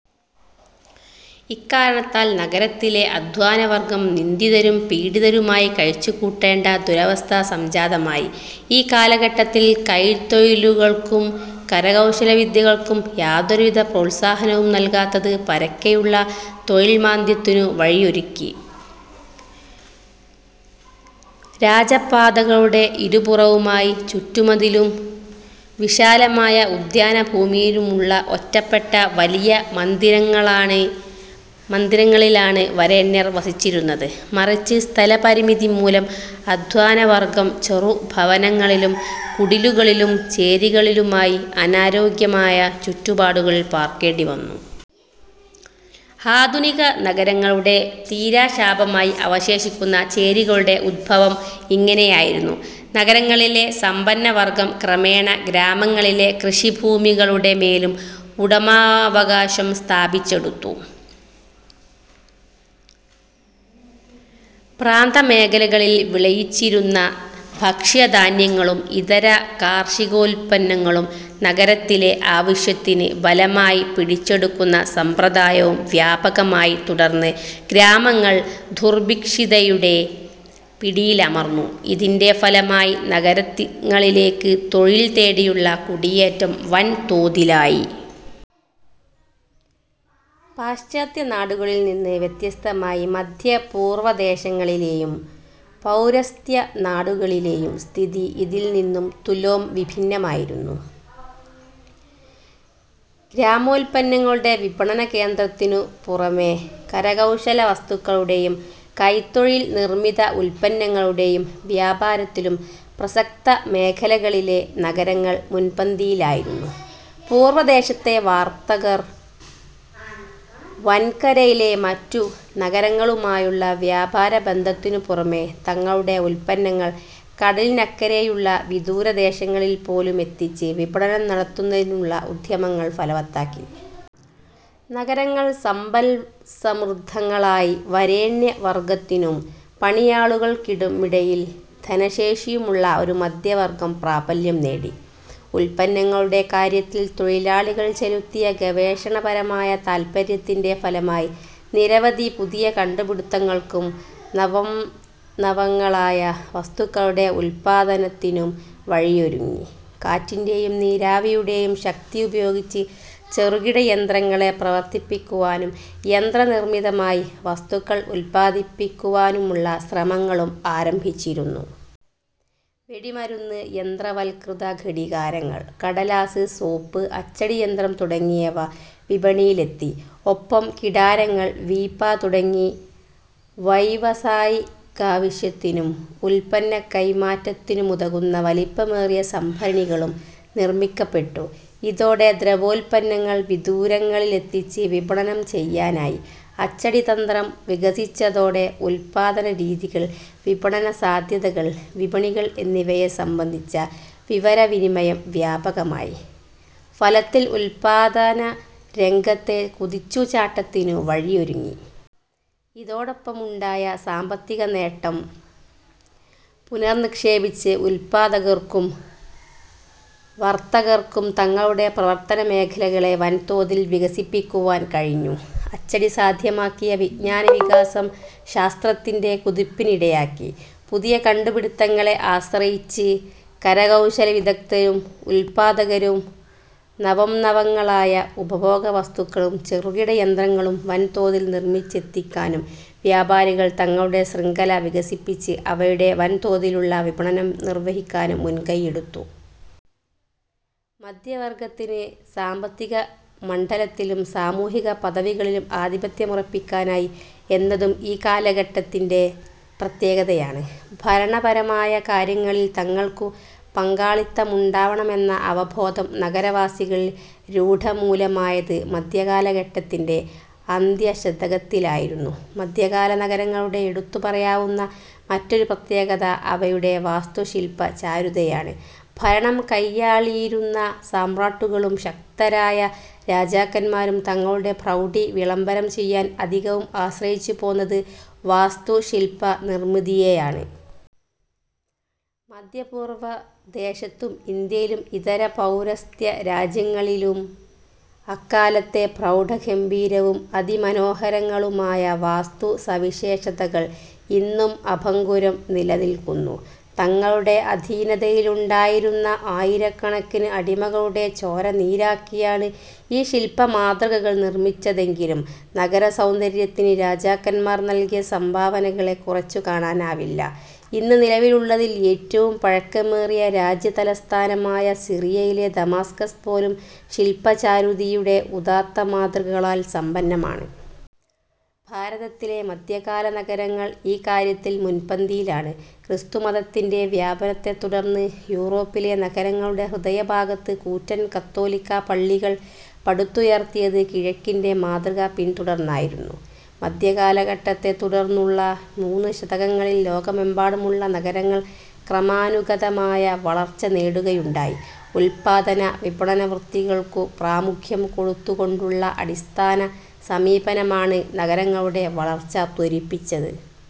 ഇക്കാരണത്താൽ നഗരത്തിലെ അധ്വാനവർഗം നിന്ദിതരും പീഡിതരുമായി കഴിച്ചുകൂട്ടേണ്ട ദുരവസ്ഥ സംജാതമായി. ഈ കാലഘട്ടത്തിൽ കൈത്തൊഴിലുകൾക്കും കരകൌശലവിദ്യകൾക്കും യാതൊരുവിധ പ്രോത്സാഹനവും നല്കാഞ്ഞത് പരക്കെയുള്ള തൊഴിൽമാന്ദ്യത്തിനു വഴിയൊരുക്കി. രാജപാതകളുടെ ഇരുപുറവുമായി ചുറ്റുമതിലും വിശാലമായ ഉദ്യാനഭൂമിയുമുള്ള ഒറ്റപ്പെട്ട വലിയ മന്ദിരങ്ങളിലാണ് വരേണ്യർ വസിച്ചിരുന്നുത്. മറിച്ച് സ്ഥലപരിമിതിമൂലം അധ്വാനവർഗം ചെറു ഭവനങ്ങളിലും കുടിലുകളിലും ചേരികളിലുമായി അനാരോഗ്യകരമായ ചുറ്റുപാടുകളിൽ പാർക്കേണ്ടിവന്നു. ആധുനിക നഗരങ്ങളുടെ തീരാശാപമായി അവശേഷിക്കുന്ന ചേരികളുടെ ഉദ്ഭവം ഇങ്ങനെയായിരുന്നു. നഗരങ്ങളിലെ സമ്പന്നവർഗം ക്രമേണ ഗ്രാമങ്ങളിലെ കൃഷിഭൂമികളുടെമേലും ഉടമാവകാശം സ്ഥാപിച്ചെടുത്തു. പ്രാന്തമേഖലകളിൽ വിളയിച്ചിരുന്ന ഭക്ഷ്യധാന്യങ്ങളും ഇതര കാർഷികോത്പന്നങ്ങളും നഗരങ്ങളിലെ ആവശ്യത്തിന് ബലമായി പിടിച്ചെടുക്കുന്ന സമ്പ്രദായവും വ്യാപകമായി. തുടർന്ന് ഗ്രാമങ്ങൾ ദുർഭിക്ഷതയുടെ പിടിയിലമർന്നു. ഇതിന്റെ ഫലമായി നഗരങ്ങളിലേക്ക് തൊഴിൽ തേടിയുള്ള കുടിയേറ്റം വൻ തോതിലായി. പാശ്ചാത്യനാടുകളിൽനിന്ന് വ്യത്യസ്തമായി മധ്യ പൂർവദേശങ്ങളിലെയും പൌരസ്ത്യനാടുകളിലെയും സ്ഥിതി ഇതിൽനിന്ന് തുലോം വിഭിന്നമായിരുന്നു. ഗ്രാമോത്പന്നങ്ങളുടെ വിപണനകേന്ദ്രമെന്നതിനു പുറമേ, കരകൌശലവസ്തുക്കളുടെയും കൈത്തൊഴിൽ നിർമിത ഉത്പന്നങ്ങളുടെയും വ്യാപാരത്തിലും പ്രസക്ത മേഖലകളിലെ നഗരങ്ങൾ മുൻപന്തിയിലായിരുന്നു. പൂർവദേശത്തെ വർത്തകർ വൻകരയിലെ മറ്റു നഗരങ്ങളുമായുള്ള വ്യാപാരബന്ധത്തിനുപുറമേ, തങ്ങളുടെ ഉത്പന്നങ്ങൾ കടലിനക്കരെയുള്ള വിദൂരദേശങ്ങളിൽപ്പോലുമെത്തിച്ച് വിപണനം നടത്തുന്നതിനുള്ള ഉദ്യമങ്ങൾ ഫലവത്താക്കി. നഗരങ്ങൾ സമ്പത്സമൃദ്ധങ്ങളായി. വരേണ്യവർഗത്തിനും പണിയാളുകൾക്കുമിടയിൽ ധനശേഷിയുള്ള ഒരു മധ്യവർഗം പ്രാബല്യം നേടി. ഉത്പന്നങ്ങളുടെ കാര്യത്തിൽ തൊഴിലാളികൾ ചെലുത്തിയ ഗവേഷണപരമായ താത്പര്യത്തിന്റെ ഫലമായി നിരവധി പുതിയ കണ്ടുപിടിത്തങ്ങൾക്കും നവംനവങ്ങളായ വസ്തുക്കളുടെ ഉത്പാദനത്തിനും വഴിയൊരുങ്ങി. കാറ്റിന്റെയും നീരാവിയുടെയും ശക്തി ഉപയോഗിച്ച് ചെറുകിട യന്ത്രങ്ങളെ പ്രവർത്തിപ്പിക്കുവാനും യന്ത്രനിർമിതമായി വസ്തുക്കൾ ഉത്പാദിപ്പിക്കുവാനുമുള്ള ശ്രമങ്ങളും ആരംഭിച്ചിരുന്നു. വെടിമരുന്ന്, യന്ത്രവത്കൃത ഘടികാരങ്ങൾ, കടലാസ്, സോപ്പ്, അച്ചടിയന്ത്രം തുടങ്ങിയവ വിപണിയിലെത്തി. ഒപ്പം കിടാരങ്ങൾ, വീപ്പ തുടങ്ങി വൈയവസായികാവശ്യത്തിനും ഉത്പന്നക്കൈമാറ്റത്തിനുമുതകുന്ന വലിപ്പമേറിയ സംഭരണികളും നിർമ്മിക്കപ്പെട്ടു. ഇതോടെ ദ്രവോത്പന്നങ്ങൾ വിദൂരങ്ങളിലെത്തിച്ച് വിപണനം ചെയ്യാനായി. അച്ചടിതന്ത്രം വികസിച്ചതോടെ ഉത്പാദനരീതികൾ, വിപണനസാധ്യതകൾ, വിപണികൾ എന്നിവയെ സംബന്ധിച്ച വിവരവിനിമയം വ്യാപകമായി. ഫലത്തിൽ ഉത്പാദനരംഗത്തെ കുതിച്ചുചാട്ടത്തിനു വഴിയൊരുങ്ങി. ഇതോടൊപ്പമുണ്ടായ സാമ്പത്തികനേട്ടം പുനർനിക്ഷേപിച്ച് ഉത്പാദകർക്കും വർത്തകർക്കും തങ്ങളുടെ പ്രവർത്തനമേഖലകളെ വൻതോതിൽ വികസിപ്പിക്കുവാൻ കഴിഞ്ഞു. അച്ചടി സാധ്യമാക്കിയ വിജ്ഞാനവികാസം ശാസ്ത്രത്തിന്റെ കുതിപ്പിനിടയാക്കി. പുതിയ കണ്ടുപിടിത്തങ്ങളെ ആശ്രയിച്ച് കരകൌശലവിദഗ്ദ്ധരും ഉത്പാദകരും നവംനവങ്ങളായ ഉപഭോഗവസ്തുക്കളും ചെറുകിടയന്ത്രങ്ങളും വൻതോതിൽ നിർമിച്ചെത്തിക്കാനും വ്യാപാരികൾ തങ്ങളുടെ ശൃംഖല വികസിപ്പിച്ച് അവയുടെ വൻതോതിലുള്ള വിപണനം നിർവഹിക്കാനും മുൻകൈയെടുത്തു. മധ്യവർഗത്തിന് സാമ്പത്തികമണ്ഡലത്തിലും സാമൂഹിക പദവികളിലും ആധിപത്യമുറപ്പിക്കാനായി എന്നതും ഈ കാലഘട്ടത്തിന്റെ പ്രത്യേകതയാണ്. ഭരണപരമായ കാര്യങ്ങളിൽ തങ്ങൾക്കു പങ്കാളിത്തമുണ്ടാവണമെന്ന അവബോധം നഗരവാസികളിൽ രൂഢമൂലമായത് മധ്യകാലഘട്ടത്തിന്റെ അന്ത്യശതകങ്ങളിലായിരുന്നു. മധ്യകാല നഗരങ്ങളുടെ എടുത്തുപറയാവുന്ന മറ്റൊരു പ്രത്യേകത അവയുടെ വാസ്തുശില്പചാരുതയാണ്. ഭരണം കയ്യാളിയിരുന്ന സമ്രാട്ടുകളും ശക്തരായ രാജാക്കന്മാരും തങ്ങളുടെ പ്രൗഢി വിളംബരം ചെയ്യാൻ അധികവും ആശ്രയിച്ചുപോന്നത് വാസ്തുശില്പനിർമിതിയെയാണ്. മധ്യപൂർവദേശത്തും ഇന്ത്യയിലും ഇതര പൗരസ്ത്യരാജ്യങ്ങളിലും അക്കാലത്തെ പ്രൗഢഗംഭീരവും അതിമനോഹരങ്ങളുമായ വാസ്തുസവിശേഷതകൾ ഇന്നും അഭംഗുരം നിലനില്ക്കുന്നു. തങ്ങളുടെ അധീനതയിലുണ്ടായിരുന്ന ആയിരക്കണക്കിന് അടിമകളുടെ ചോര നീരാക്കിയാണ് ഈ ശില്പമാതൃകകൾ നിർമിച്ചതെങ്കിലും നഗരസൗന്ദര്യത്തിന് രാജാക്കന്മാർ നല്കിയ സംഭാവനകളെ കുറച്ചുകാണാനാവില്ല. ഇന്ന് നിലവിലുള്ളതിൽ ഏറ്റവും പഴക്കമേറിയ രാജ്യതലസ്ഥാനമായ സിറിയയിലെ ദമാസ്കസ് പോലും ശില്പചാതുരിയുടെ ഉദാത്തമാതൃകകളാൽ സമ്പന്നമാണ്. ഭാരതത്തിലെ മധ്യകാല നഗരങ്ങൾ ഈ കാര്യത്തിൽ മുൻപന്തിയിലാണ്. ക്രിസ്തുമതത്തിന്റെ വ്യാപനത്തെത്തുടർന്ന് യൂറോപ്പിലെ നഗരങ്ങളുടെ ഹൃദയഭാഗത്ത് കൂറ്റൻ കത്തോലിക്കാപള്ളികൾ പടുത്തുയർത്തിയത് കിഴക്കിന്റെ മാതൃക പിൻതുടർന്നായിരുന്നു. മധ്യകാലഘട്ടത്തെത്തുടർന്നുള്ള മൂന്ന് ശതകങ്ങളിൽ ലോകമെമ്പാടുമുള്ള നഗരങ്ങൾ ക്രമാനുഗതമായ വളർച്ചനേടുകയുണ്ടായി. ഉത്പാദന, വിപണന വൃത്തികൾക്കു പ്രാമുഖ്യം കൊടുത്തുകൊണ്ടുള്ള അടിസ്ഥാന സമീപനമാണ് നഗരങ്ങളുടെ വളർച്ച ത്വരിപ്പിച്ചത്.